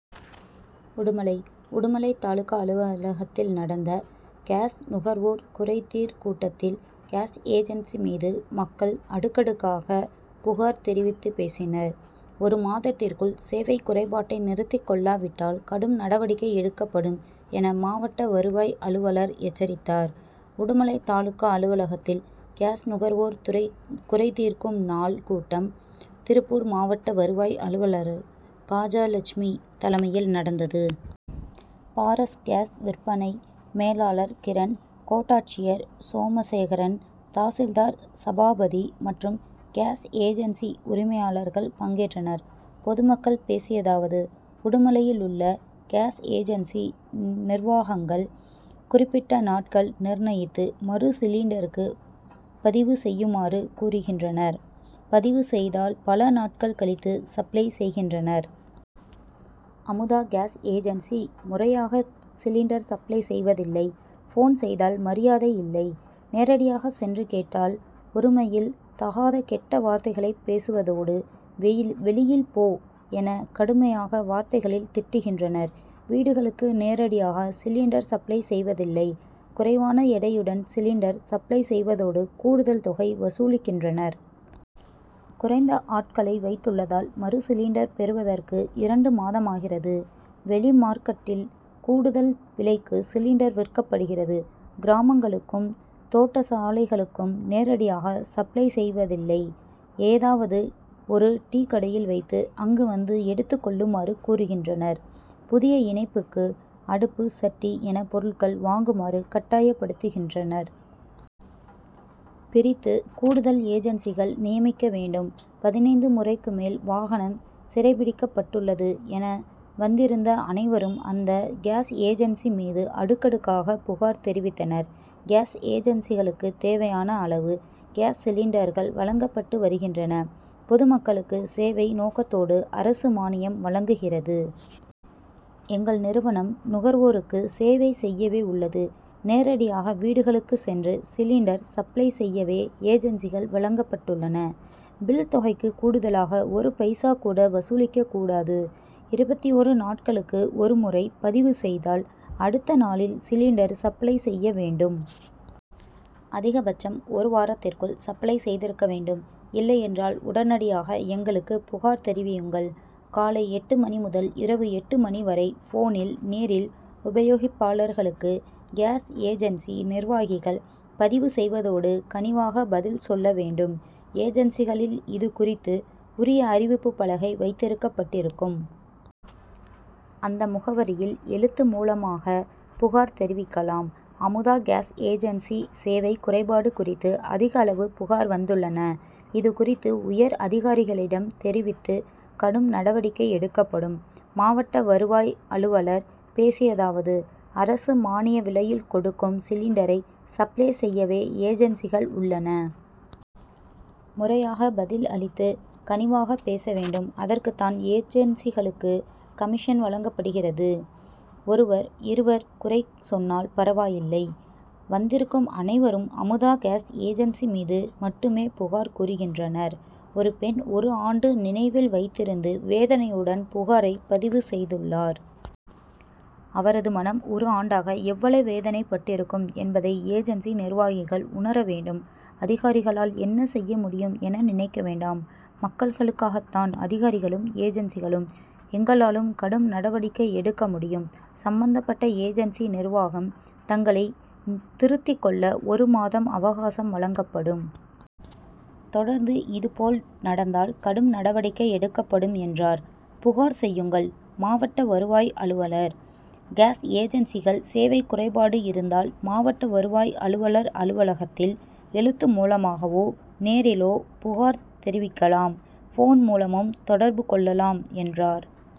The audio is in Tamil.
உடுமலை உடுமலை தாலுகா அலுவலகத்தில் நடத்த காஸ் நுகர்வோர் குறை தீர் கூட்டத்தில், காஸ் ஏஜென்சி மீது மக்கள் அடுக்கடுக்கான புகார் தெரிவித்து பேசினர். ஒரு மாதத்திற்குள் சேவை குறைபாட்டை திருத்திக்கொள்ளாவிட்டால் கடும் நடவடிக்கை எடுக்கப்படும் என மாவட்ட வருவாய் அலுவலர் எச்சரித்தார். உடுமலை தாலுகா அலுவலகத்தில், காஸ் நுகர்வோர் குறைதீர்க்கும் நாள் கூட்டம், திருப்பூர் மாவட்ட வருவாய் அலுவலர் கஜலட்சுமி தலைமையில் நடந்தது. பாரஸ் காஸ் விற்பனை மேலாளர் கிரன், கோட்டாட்சியர் சோமசேகரன், தாசில்தார் சபாபதி மற்றும் காஸ் ஏஜென்சி உரிமையாளர்கள் பங்கேற்றனர். பொதுமக்கள் பேசியதாவது:உடுமலையிலுள்ள காஸ் ஏஜென்சி நிர்வாகங்கள் குறிப்பிட்ட நாட்கள் நிர்ணயித்து, மறு சிலிண்டருக்கு பதிவு செய்யுமாறு கூறுகின்றனர். பதிவு செய்தால் பல நாட்கள் கழித்து சப்ளை செய்கின்றனர். அமுதா காஸ் ஏஜென்சி, முறையாக சிலிண்டர் சப்ளை செய்வதில்லை. போன் செய்தால் மரியாதை இல்லை. நேரடியாக சென்று கேட்டால், ஒருமையில் தகாத கெட்ட வார்த்தைகளில் பேசுவதோடு, வெளியில் போ என கடுமையான வார்த்தைகளில் திட்டுகின்றனர். வீடுகளுக்கு நேரடியாக சிலிண்டர் சப்ளை செய்வதில்லை. குறைவான எடையுடன் சிலிண்டர் சப்ளை செய்வதோடு, கூடுதல் தொகை வசூலிக்கின்றனர். குறைந்த ஆட்களை வைத்துள்ளதால், மறு சிலிண்டர் பெறுவதற்கு இரண்டு மாதமாகிறது. வெளி மார்க்கெட்டில், கூடுதல் விலைக்கு சிலிண்டர் விற்கப்படுகிறது. கிராமங்களுக்கும், தோட்டத்துசாளைகளுக்கும் நேரடியாக சப்ளை செய்வதில் லை. ஏதாவது ஒரு டீ கடையில் வைத்து, அங்கு வந்து எடுத்துக் கொள்ளுமாறு கூறுகின்றனர். புதிய இணைப்புக்கு, அடுப்பு, சட்டி என பொருட்கள் வாங்குமாறு கட்டாயப்படுத்துகின்றனர். பிரித்து, கூடுதல் ஏஜென்சிகள் நியமிக்க வேண்டும். பதினைந்து முறைக்கு மேல் வாகனம் சிறைபிடிக்கப்பட்டுள்ளது என வந்திருந்த அனைவரும் அந்த காஸ் ஏஜென்சி மீது அடுக்கடுக்காக புகார் தெரிவித்தனர். காஸ் ஏஜென்சிகளுக்கு தேவையான அளவு காஸ் சிலிண்டர்கள் வழங்கப்பட்டு வருகின்றன. பொதுமக்களுக்கு சேவை நோக்கத்தோடு, அரசு மானியம் வழங்குகிறது. எங்கள் நிறுவனம் நுகர்வோருக்கு சேவை செய்யவே உள்ளது. நேரடியாக வீடுகளுக்கு சென்று சிலிண்டர் சப்ளை செய்யவே ஏஜென்சிகள் வழங்கப்பட்டுள்ளன. பில் தொகைக்கு கூடுதலாக ஒரு பைசா கூட வசூலிக்க கூடாது. இருபத்தொரு நாட்களுக்கு ஒரு முறை பதிவு செய்தால், அடுத்த நாளில் சிலிண்டர் சப்ளை செய்ய வேண்டும். அதிக பட்சம் ஒரு வாரத்திற்குள் சப்ளை செய்திருக்க வேண்டும். இல்லையென்றால் உடனடியாக எங்களுக்கு புகார் தெரிவியுங்கள். காலை எட்டு மணி முதல் இரவு எட்டு மணி வரை, போனில், நேரில் உபயோகிப்பாளர்களுக்கு காஸ் ஏஜென்சி நிர்வாகிகள் பதிவு செய்வதோடு, கனிவாக பதில் சொல்ல வேண்டும். ஏஜென்சிகளில் இது குறித்து உரிய அறிவிப்பு பலகை வைக்கப்பட்டிருக்கும். அந்த முகவரியில் எழுத்து மூலமாக புகார் தெரிவிக்கலாம். அமுதா காஸ் ஏஜென்சி சேவை குறைபாடு குறித்து அதிகளவு புகார் வந்துள்ளன. இது குறித்து உயர் அதிகாரிகளிடம் தெரிவித்து கடும் நடவடிக்கை எடுக்கப்படும். மாவட்ட வருவாய் அலுவலர் பேசியதாவது:அரசு மானிய விலையில் கொடுக்கும் சிலிண்டரை சப்ளை செய்யவே ஏஜென்சிகள் உள்ளன. முறையாக பதில் அளித்து, கனிவாக பேசவேண்டும். அதற்குத்தான் ஏஜென்சிகளுக்கு கமிஷன் வழங்கப்படுகிறது. ஒருவர், இருவர் குறை சொன்னால் பரவாயில்லை. வந்திருக்கும் அனைவரும் அமுதா காஸ் ஏஜென்சி மீது மட்டுமே புகார் கூறுகின்றனர். ஒரு பெண், ஒரு ஆண்டு நினைவில் வைத்திருந்து, வேதனையுடன் புகாரை பதிவு செய்துள்ளார். அவரது மனம் ஒரு ஆண்டாக எவ்வளவு வேதனை பட்டிருக்கும் என்பதை ஏஜென்சி நிர்வாகிகள் உணர வேண்டும். அதிகாரிகளால் என்ன செய்ய முடியும் என நினைக்க வேண்டாம். மக்களுக்காகத்தான் அதிகாரிகளும், ஏஜென்சிகளும். எங்களாலும் கடும் நடவடிக்கை எடுக்க முடியும்; சம்பந்தப்பட்ட ஏஜென்சி நிர்வாகம் தங்களை திருத்திக்கொள்ள ஒரு மாதம் அவகாசம் வழங்கப்படும். தொடர்ந்து, இதே போல் நடந்தால் கடும் நடவடிக்கை எடுக்கப்படும். ' என்றார். புகார் செய்யுங்கள்:மாவட்ட வருவாய் அலுவலர், காஸ் ஏஜென்சிகள் சேவை குறைபாடு இருந்தால், மாவட்ட வருவாய் அலுவலர் அலுவலக்தில் எழுத்து மூலமாகவோ, நேரிலோ புகார் தெரிவிக்கலாம். போன் மூலமும் தொடர்பு கொள்ளலாம்' என்றார். என்றார்.